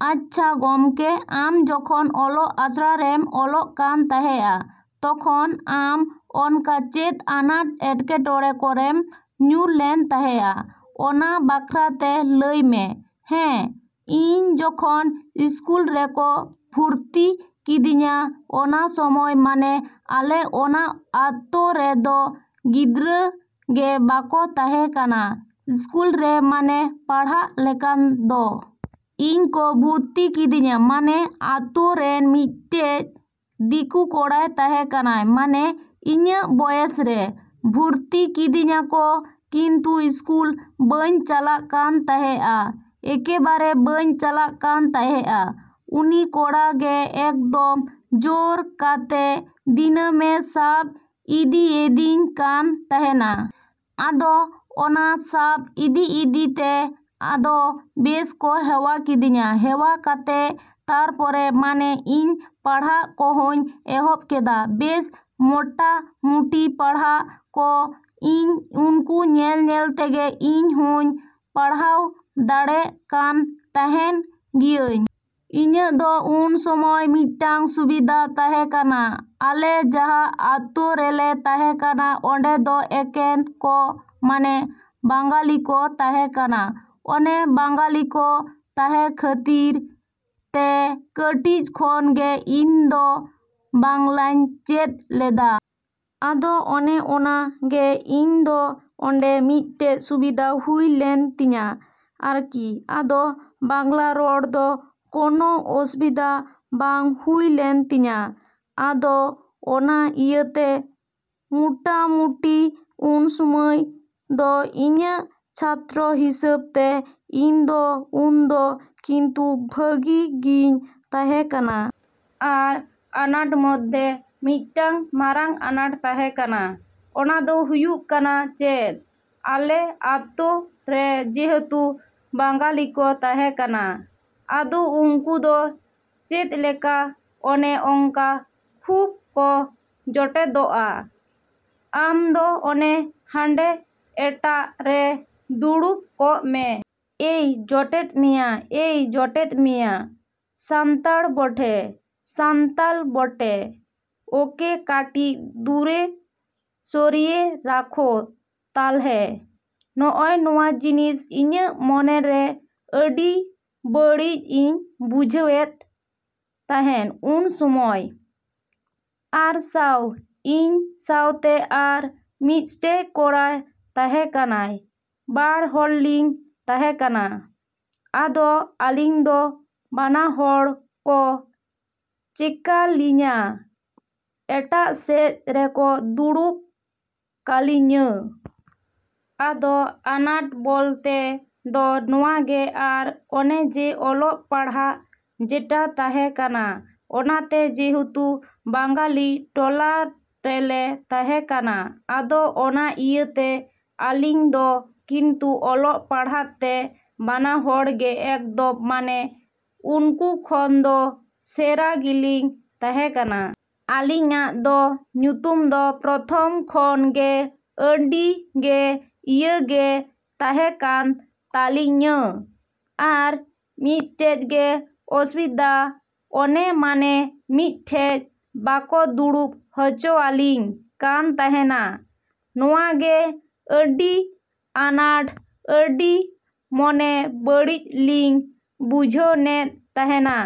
ᱟᱪᱪᱷᱟ ᱜᱚᱢᱠᱮ, ᱟᱢ ᱡᱚᱠᱷᱚᱱ ᱚᱞᱚᱜ ᱟᱥᱲᱟ ᱨᱮᱢ ᱚᱞᱚᱜ ᱠᱟᱱ ᱛᱟᱦᱮᱸᱜᱼᱟ, ᱛᱚᱠᱷᱚᱱ ᱟᱢ ᱚᱱᱠᱟ ᱪᱮᱫ ᱟᱱᱟᱴᱼᱮᱴᱠᱮᱴᱚᱬᱮ ᱠᱚᱨᱮᱢ ᱧᱩᱨ ᱞᱮᱱ ᱛᱟᱦᱮᱸᱜᱼᱟ? ᱚᱱᱟ ᱵᱟᱠᱷᱨᱟᱛᱮ ᱞᱟᱹᱭ ᱢᱮ᱾ ᱦᱮᱸ, ᱤᱧ ᱡᱚᱠᱷᱚᱱ ᱥᱠᱩᱞ ᱨᱮᱠᱚ ᱵᱷᱩᱨᱛᱤ ᱠᱤᱫᱤᱧᱟ, ᱚᱱᱟ ᱥᱚᱢᱚᱭ ᱢᱟᱱᱮ ᱟᱞᱮ ᱚᱱᱟ ᱟᱛᱚ ᱨᱮᱫᱚ ᱜᱤᱫᱽᱨᱟᱹ ᱜᱮ ᱵᱟᱠᱚ ᱛᱟᱦᱮᱸᱠᱟᱱᱟ ᱥᱠᱩᱞ ᱨᱮ ᱢᱟᱱᱮ ᱯᱟᱲᱦᱟᱜ ᱞᱮᱠᱟᱱ ᱫᱚ᱾ ᱤᱧ ᱠᱚ ᱵᱷᱩᱨᱛᱤ ᱠᱤᱫᱤᱧᱟ᱾ ᱢᱟᱱᱮ ᱟᱛᱳ ᱨᱮᱱ ᱢᱤᱫᱴᱮᱡ ᱫᱤᱠᱩ ᱠᱚᱲᱟᱭ ᱛᱟᱦᱮᱸᱠᱟᱱᱟ, ᱢᱟᱱᱮ ᱤᱧᱟᱹᱜ ᱵᱚᱭᱮᱥ ᱨᱮ᱾ ᱵᱷᱩᱨᱛᱤ ᱠᱤᱫᱤᱧᱟᱠᱚ ᱠᱤᱱᱛᱩ ᱥᱠᱩᱞ ᱵᱟᱹᱧ ᱪᱟᱞᱟᱜ ᱠᱟᱱ ᱛᱟᱦᱮᱸᱜᱼᱟ᱾ ᱮᱠᱮᱵᱟᱨᱮ ᱵᱟᱹᱧ ᱪᱟᱞᱟᱜ ᱠᱟᱱ ᱛᱟᱦᱮᱸᱜᱼᱟ, ᱩᱱᱤ ᱠᱚᱲᱟ ᱜᱮ ᱮᱠᱫᱚᱢ ᱡᱳᱨ ᱠᱟᱛᱮ ᱫᱤᱱᱟᱹᱢᱮ ᱥᱟᱵ ᱤᱫᱤᱭᱮᱫᱤᱧ ᱠᱟᱱ ᱛᱟᱦᱮᱱᱟ᱾ ᱟᱫᱚ ᱚᱱᱟ ᱥᱟᱵ ᱤᱫᱤᱼᱤᱫᱤ ᱛᱮ ᱟᱫᱚ ᱵᱮᱥ ᱠᱚ ᱦᱮᱣᱟ ᱠᱤᱫᱤᱧᱟ, ᱦᱮᱣᱟ ᱠᱟᱛᱮ ᱛᱟᱨᱯᱚᱨᱮ ᱢᱟᱱᱮ ᱤᱧ ᱯᱟᱲᱦᱟᱜ ᱠᱚᱦᱚᱧ ᱮᱦᱚᱵ ᱠᱮᱫᱟ᱾ ᱵᱮᱥ ᱢᱚᱴᱟᱢᱩᱴᱤ ᱯᱟᱲᱦᱟᱜ ᱠᱚ ᱤᱧ ᱩᱱᱠᱩ ᱧᱮᱞᱼᱧᱮᱞ ᱛᱮᱜᱮ ᱤᱧ ᱦᱚᱧ ᱯᱟᱲᱦᱟᱣ ᱫᱟᱲᱮᱜ ᱠᱟᱱ ᱛᱟᱦᱮᱱ ᱜᱤᱭᱟᱹᱧ᱾ ᱤᱧᱟᱹᱜ ᱫᱚ ᱩᱱ ᱥᱚᱢᱚᱭ ᱢᱤᱫᱴᱟᱝ ᱥᱩᱵᱤᱫᱟ ᱛᱟᱦᱮᱸᱠᱟᱱᱟ᱾ ᱟᱞᱮ ᱡᱟᱦᱟᱸ ᱟᱛᱳ ᱨᱮᱞᱮ ᱛᱟᱦᱮᱸᱠᱟᱱᱟ ᱚᱸᱰᱮ ᱫᱚ ᱮᱠᱮᱱ ᱠᱚ ᱢᱟᱱᱮ ᱵᱟᱝᱜᱟᱞᱤ ᱠᱚ ᱛᱟᱦᱮᱸ ᱠᱟᱱᱟ᱾ ᱚᱱᱮ ᱵᱟᱝᱜᱟᱞᱤ ᱠᱚ ᱛᱟᱦᱮᱸ ᱠᱷᱟᱹᱛᱤᱨ ᱛᱮ ᱠᱟᱹᱴᱤᱡ ᱠᱷᱚᱱ ᱜᱮ ᱤᱧ ᱫᱚ ᱵᱟᱝᱞᱟᱧ ᱪᱮᱫ ᱞᱮᱫᱟ᱾ ᱟᱫᱚ ᱚᱱᱮ ᱚᱱᱟ ᱜᱮ ᱤᱧ ᱫᱚ ᱚᱸᱰᱮ ᱢᱤᱫᱴᱮᱡ ᱥᱩᱵᱤᱫᱟ ᱦᱩᱭ ᱞᱮᱱ ᱛᱤᱧᱟᱹ ᱟᱨᱠᱤ᱾ ᱟᱫᱚ ᱵᱟᱝᱞᱟ ᱨᱚᱲ ᱫᱚ ᱠᱳᱱᱳ ᱚᱥᱩᱵᱤᱫᱟ ᱵᱟᱝ ᱦᱩᱭ ᱞᱮᱱ ᱛᱤᱧᱟᱹ᱾ ᱟᱫᱚ ᱚᱱᱟ ᱤᱭᱟᱹᱛᱮ ᱢᱩᱴᱟᱢᱩᱴᱤ ᱩᱱ ᱥᱚᱢᱚᱭ ᱫᱚ ᱤᱧᱟᱹᱜ ᱪᱷᱟᱛᱨᱚ ᱦᱤᱥᱟᱹᱵ ᱛᱮ ᱤᱧ ᱫᱚ ᱩᱱᱫᱚ ᱠᱤᱱᱛᱩ ᱵᱷᱟᱹᱜᱤ ᱜᱤᱧ ᱛᱟᱦᱮᱸᱠᱟᱱᱟ᱾ ᱟᱨ ᱟᱱᱟᱴ ᱢᱚᱫᱽᱫᱷᱮ ᱢᱤᱫᱴᱟᱝ ᱢᱟᱨᱟᱝ ᱟᱱᱟᱴ ᱛᱟᱦᱮᱸᱠᱟᱱᱟ, ᱚᱱᱟ ᱫᱚ ᱦᱩᱭᱩᱜ ᱠᱟᱱᱟ ᱪᱮᱫ, ᱟᱞᱮ ᱟᱛᱳ ᱨᱮ ᱡᱮᱦᱮᱛᱩ ᱵᱟᱝᱜᱟᱞᱤ ᱠᱚ ᱛᱟᱦᱮᱸᱠᱟᱱᱟ᱾ ᱟᱫᱚ ᱩᱱᱠᱩ ᱫᱚ ᱪᱮᱫᱞᱮᱠᱟ ᱚᱱᱮ ᱚᱝᱠᱟ ᱠᱷᱩᱵ ᱠᱚ ᱡᱚᱴᱮᱫᱚᱜᱼᱟ᱾ ᱟᱢ ᱫᱚ ᱚᱱᱮ ᱦᱟᱱᱰᱮ ᱮᱴᱟᱜ ᱨᱮ ᱫᱩᱲᱩᱵ ᱠᱚᱜ ᱢᱮ᱾ ᱮᱭ ᱡᱚᱴᱮᱫ ᱢᱮᱭᱟᱼᱮᱭ ᱡᱚᱴᱮᱫ ᱢᱮᱭᱟ, ᱥᱟᱱᱛᱟᱲ ᱵᱚᱴᱮᱼᱥᱟᱱᱛᱟᱞ ᱵᱚᱴᱮ ᱚᱠᱮ ᱠᱟᱴᱤᱡ ᱫᱩᱨᱮ ᱥᱚᱨᱤᱭᱮ ᱨᱟᱠᱷᱚ ᱛᱟᱞᱦᱮ᱾ ᱱᱚᱜᱼᱚᱭ ᱱᱚᱣᱟ ᱡᱤᱱᱤᱥ ᱤᱧᱟᱹᱜ ᱢᱚᱱᱮ ᱨᱮ ᱟᱹᱰᱤ ᱵᱟᱹᱲᱤᱡ ᱤᱧ ᱵᱩᱡᱷᱟᱹᱣᱮᱫ ᱛᱟᱦᱮᱸᱱ ᱩᱱ ᱥᱚᱢᱚᱭ᱾ ᱟᱨ ᱥᱟᱶ, ᱤᱧ ᱥᱟᱶᱛᱮ ᱟᱨ ᱢᱤᱫᱴᱮᱡ ᱠᱚᱲᱟᱭ ᱛᱟᱦᱮᱸᱠᱟᱱᱟ, ᱵᱟᱨ ᱦᱚᱲ ᱞᱤᱧ ᱛᱟᱦᱮᱸᱠᱟᱱᱟ, ᱟᱫᱚ ᱟᱞᱤᱧ ᱫᱚ ᱵᱟᱱᱟ ᱦᱚᱲ ᱠᱚ ᱪᱮᱠᱟᱞᱤᱧᱟ ᱮᱴᱟᱜ ᱥᱮᱡ ᱨᱮᱠᱚ ᱫᱩᱲᱩᱵ ᱠᱟᱞᱤᱧᱟᱹ᱾ ᱟᱫᱚ ᱟᱱᱟᱴ ᱵᱚᱞᱛᱮ ᱫᱚ ᱱᱚᱣᱟ ᱜᱮ ᱟᱨ ᱟᱱᱮ ᱡᱮ ᱚᱞᱚᱜ ᱯᱟᱲᱦᱟᱜ ᱡᱮᱴᱟ ᱛᱟᱦᱮᱸ ᱠᱟᱱᱟ, ᱚᱱᱟᱛᱮ ᱡᱮᱦᱮᱛᱩ ᱵᱟᱝᱜᱟᱞᱤ ᱴᱚᱞᱟ ᱨᱮᱞᱮ ᱛᱟᱦᱮᱸᱠᱟᱱᱟ ᱟᱫᱚ ᱚᱱᱟ ᱤᱭᱟᱹ ᱛᱮ ᱟᱞᱤᱧ ᱫᱚ ᱠᱤᱱᱛᱩ ᱚᱞᱚᱜ ᱯᱟᱲᱦᱟᱜ ᱛᱮ ᱵᱟᱱᱟ ᱦᱚᱲ ᱜᱮ ᱮᱠᱫᱚᱢ ᱢᱟᱱᱮ ᱩᱱᱠᱩ ᱠᱷᱚᱱ ᱫᱚ ᱥᱮᱨᱟ ᱜᱮᱞᱤᱧ ᱛᱟᱦᱮᱸᱠᱟᱱᱟ᱾ ᱟᱞᱤᱧᱟᱜ ᱫᱚ ᱧᱩᱛᱩᱢ ᱫᱚ ᱯᱨᱚᱛᱷᱚᱢ ᱠᱷᱚᱱ ᱜᱮ ᱟᱹᱰᱤ ᱜᱮ ᱤᱭᱟᱹ ᱜᱮ ᱛᱟᱦᱮᱸ ᱠᱟᱱ ᱛᱟᱞᱤᱧᱟᱹ ᱟᱨ ᱢᱤᱫᱴᱮᱡ ᱜᱮ ᱚᱥᱩᱵᱤᱫᱟ ᱚᱱᱮ ᱢᱟᱱᱮ ᱢᱤᱫᱴᱷᱮᱡ ᱵᱟᱠᱚ ᱫᱩᱲᱩᱵ ᱦᱚᱪᱚᱣᱟᱞᱤᱧ ᱠᱟᱱ ᱛᱟᱦᱮᱱᱟ᱾ ᱱᱚᱣᱟ ᱜᱮ ᱟᱹᱰᱤ ᱟᱱᱟᱴ ᱟᱹᱰᱤ ᱢᱚᱱᱮ ᱵᱟᱹᱲᱤᱡ ᱞᱤᱧ ᱵᱩᱡᱷᱟᱹᱱᱮᱫ ᱛᱟᱦᱮᱱᱟ᱾